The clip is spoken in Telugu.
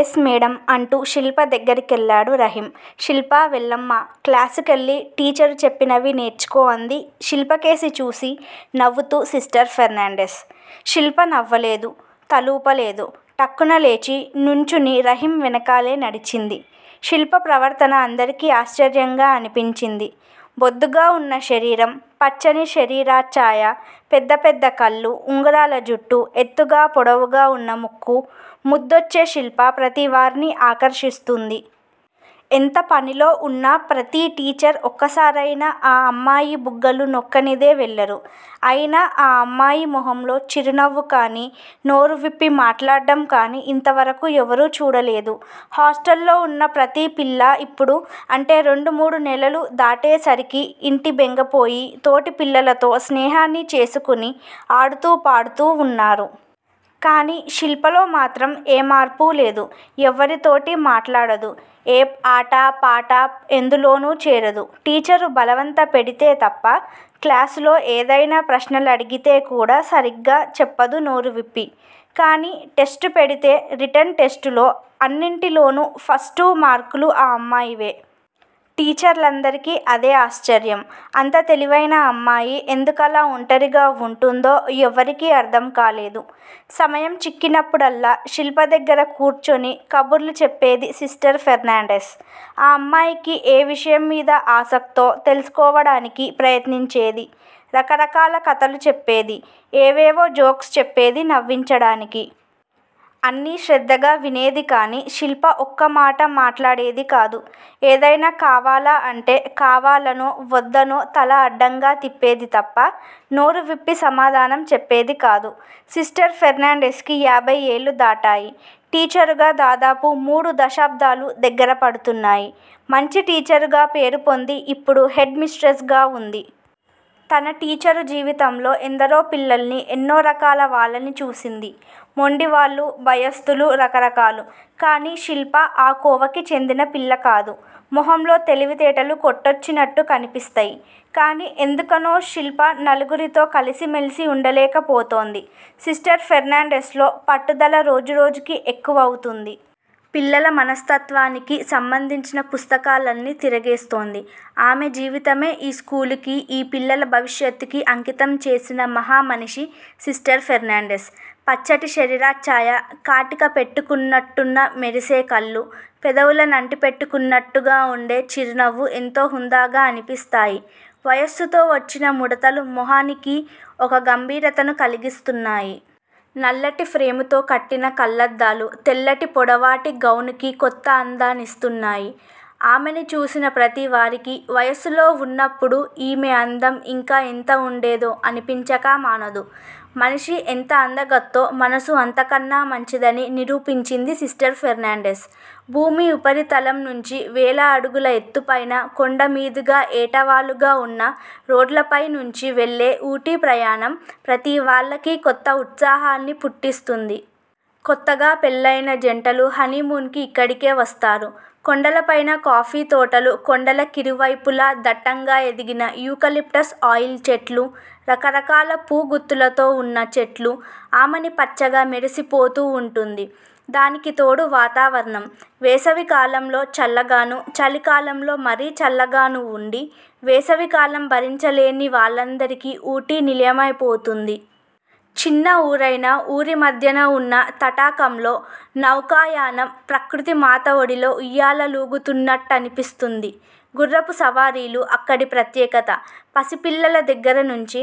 ఎస్ మేడమ్ అంటూ శిల్ప దగ్గరికెళ్ళాడు రహీం. శిల్పా వెళ్ళమ్మా. క్లాసుకెళ్ళి టీచరు చెప్పినవి నేర్చుకో అంది శిల్పకేసి చూసి నవ్వుతూ సిస్టర్ ఫెర్నాండిస్. శిల్ప నవ్వలేదు! తలూపలేదు! టక్కున లేచి నుంచుని రహీం వెనకాలే నడిచింది. శిల్ప ప్రవర్తన అందరికీ ఆశ్చర్యంగా అనిపించింది. బొద్దుగా వున్న శరీరం, పచ్చని శరీరచ్ఛాయ, పెద్ద పెద్ద కళ్లూ, ఉంగరాల జుట్టూ, ఎత్తుగా పొడవుగా వున్న ముక్కూ, ముద్దొచ్చే శిల్ప ప్రతి వారినీ ఆకర్షిస్తుంది. ఎంత పనిలో వున్నా ప్రతి టీచరు ఒక్కసారైనా ఆ అమ్మాయి బుగ్గలు నొక్కనిదే వెళ్ళరు. అయినా ఆ అమ్మాయి మొహంలో చిరునవ్వుకాని, నోరువిప్పి మాట్లాడ్డం కాని ఇంతవరకూ ఎవ్వరూ చూడలేదు. హాస్టల్లో వున్న ప్రతీ పిల్లా ఇప్పుడు, అంటే రెండు మూడు నెలలు దాటేసరికి ఇంటి బెంగపోయి, తోటిపిల్లలతో స్నేహాన్ని చేసుకుని ఆడుతూ పాడుతూ వున్నారు. కాని శిల్పలోమాత్రం ఏ మార్పూ లేదు. ఎవ్వరితోటీ మాట్లాడదు. ఏ ఆట పాట ఎందులోనూ చేరదు. టీచరు బలవంత పెడితే తప్ప క్లాసులో ఏదైనా ప్రశ్నలడిగితే కూడా సరిగ్గా చెప్పదు నోరువిప్పి. కానీ టెస్టు పెడితే రిటన్ టెస్టులో అన్నింటిలోనూ ఫస్టు మార్కులు ఆ అమ్మాయివే. టీచర్లందరికీ అదే ఆశ్చర్యం. అంత తెలివైన అమ్మాయి ఎందుకలా ఒంటరిగా వుంటుందో ఎవ్వరికీ అర్థం కాలేదు. సమయం చిక్కినప్పుడల్లా, శిల్ప దగ్గర కూర్చుని కబుర్లు చెప్పేది సిస్టర్ ఫెర్నాండిస్. ఆ అమ్మాయికి ఏ విషయంమీద ఆసక్తో తెలుసుకోవడానికి ప్రయత్నించేది. రకరకాల కథలు చెప్పేది. ఏవేవో జోక్స్ చెప్పేది నవ్వించడానికి. అన్నీ శ్రద్ధగా వినేది కాని శిల్ప ఒక్క మాట మాట్లాడేది కాదు. ఏదైనా కావాలా అంటే కావాలనో వద్దనో తల అడ్డంగా తిప్పేది తప్ప నోరువిప్పి సమాధానం చెప్పేదికాదు. సిస్టర్ ఫెర్నాండిస్ కి యాభై ఏళ్ళు దాటాయి. టీచరుగా దాదాపు మూడు దశాబ్దాలు దగ్గరపడుతున్నాయి. మంచి టీచరుగా పేరుపొంది ఇప్పుడు హెడ్ మిస్ట్రిస్ గా వుంది. తన టీచరు జీవితంలో ఎందరో పిల్లల్ని, ఎన్నో రకాల వాళ్ళని చూసింది. మొండివాళ్లూ, భయస్థులూ, రకరకాలు! కానీ శిల్ప ఆ కోవకి చెందిన పిల్లకాదు. మొహంలో తెలివితేటలు కొట్టొచ్చినట్టు కనిపిస్తయ్! కానీ ఎందుకనో శిల్ప నలుగురితో కలిసి మెలసి ఉండలేకపోతోంది. సిస్టర్ ఫెర్నాండిస్ లో పట్టుదల రోజురోజుకీ ఎక్కువవుతోంది. పిల్లల మనస్తత్వానికి సంబంధించిన పుస్తకాలన్నీ తిరగేస్తోంది. ఆమె జీవితమే ఈ స్కూలుకీ ఈ పిల్లల భవిష్యత్తుకీ అంకితం చేసిన మహామనిషి సిస్టర్ ఫెర్నాండిస్. పచ్చటి శరీరచ్ఛాయ, కాటిక పెట్టుకున్నట్టున్న మెరిసే కళ్ళూ, పెదవుల నంటిపెట్టుకున్నట్టుగా ఉండే చిరునవ్వూ ఎంతో హుందాగా అనిపిస్తాయి! వయస్సుతో వొచ్చిన ముడతలు మొహానికి ఒక గంభీరతని కలిగిస్తున్నాయి. నల్లటి ఫ్రేముతో కట్టిన కళ్ళద్దాలు, తెల్లటి పొడవాటి గౌనుకి కొత్త అందాన్నిస్తున్నాయి. ఆమెని చూసిన ప్రతివారికీ, 'వయస్సులో వున్నప్పుడు ఈమె అందం ఇంకా ఎంత ఉండేదో' అనిపించక మానదు! మనిషి ఎంత అందగత్తో, మనసు అంతకన్నా మంచిదని నిరూపించింది సిస్టర్ ఫెర్నాండిస్. భూమి ఉపరితలం నుంచి వేల అడుగుల ఎత్తుపైన, కొండమీదుగా ఏటవాలుగా వున్న రోడ్లపైనుంచి వెళ్ళే ఊటీ ప్రయాణం, ప్రతీవాళ్ళకీ కొత్త ఉత్సాహాన్ని పుట్టిస్తుంది. కొత్తగా పెళ్ళయిన జంటలు హనీమూన్ కి ఇక్కడికే వస్తారు. కొండలపైన కాఫీ తోటలు కొండల కిరువైపులా దట్టంగా ఎదిగిన 'యూకలిప్టస్ ఆయిల్' చెట్లూ, రకరకాల పూగుత్తులతో వున్న చెట్లూ, ఆమని పచ్చగా మెరిసిపోతూ వుంటుంది. దానికి తోడు వాతావరణం, వేసవి కాలంలో చల్లగానూ, చలికాలంలో మరీ చల్లగానూ వుండి, వేసవికాలం భరించలేని వాళ్ళందరికీ ఊటీ నిలయమైపోతుంది. చిన్న ఊరైనా, ఊరిమధ్యన వున్న తటాకంలో నౌకాయానం, ప్రకృతి మాత ఒడిలో ఉయ్యాల లూగుతున్నట్టనిపిస్తుంది. గుఱ్ఱపు సవారీలు అక్కడి ప్రత్యేకత. పసిపిల్లల దగ్గరనుంచి,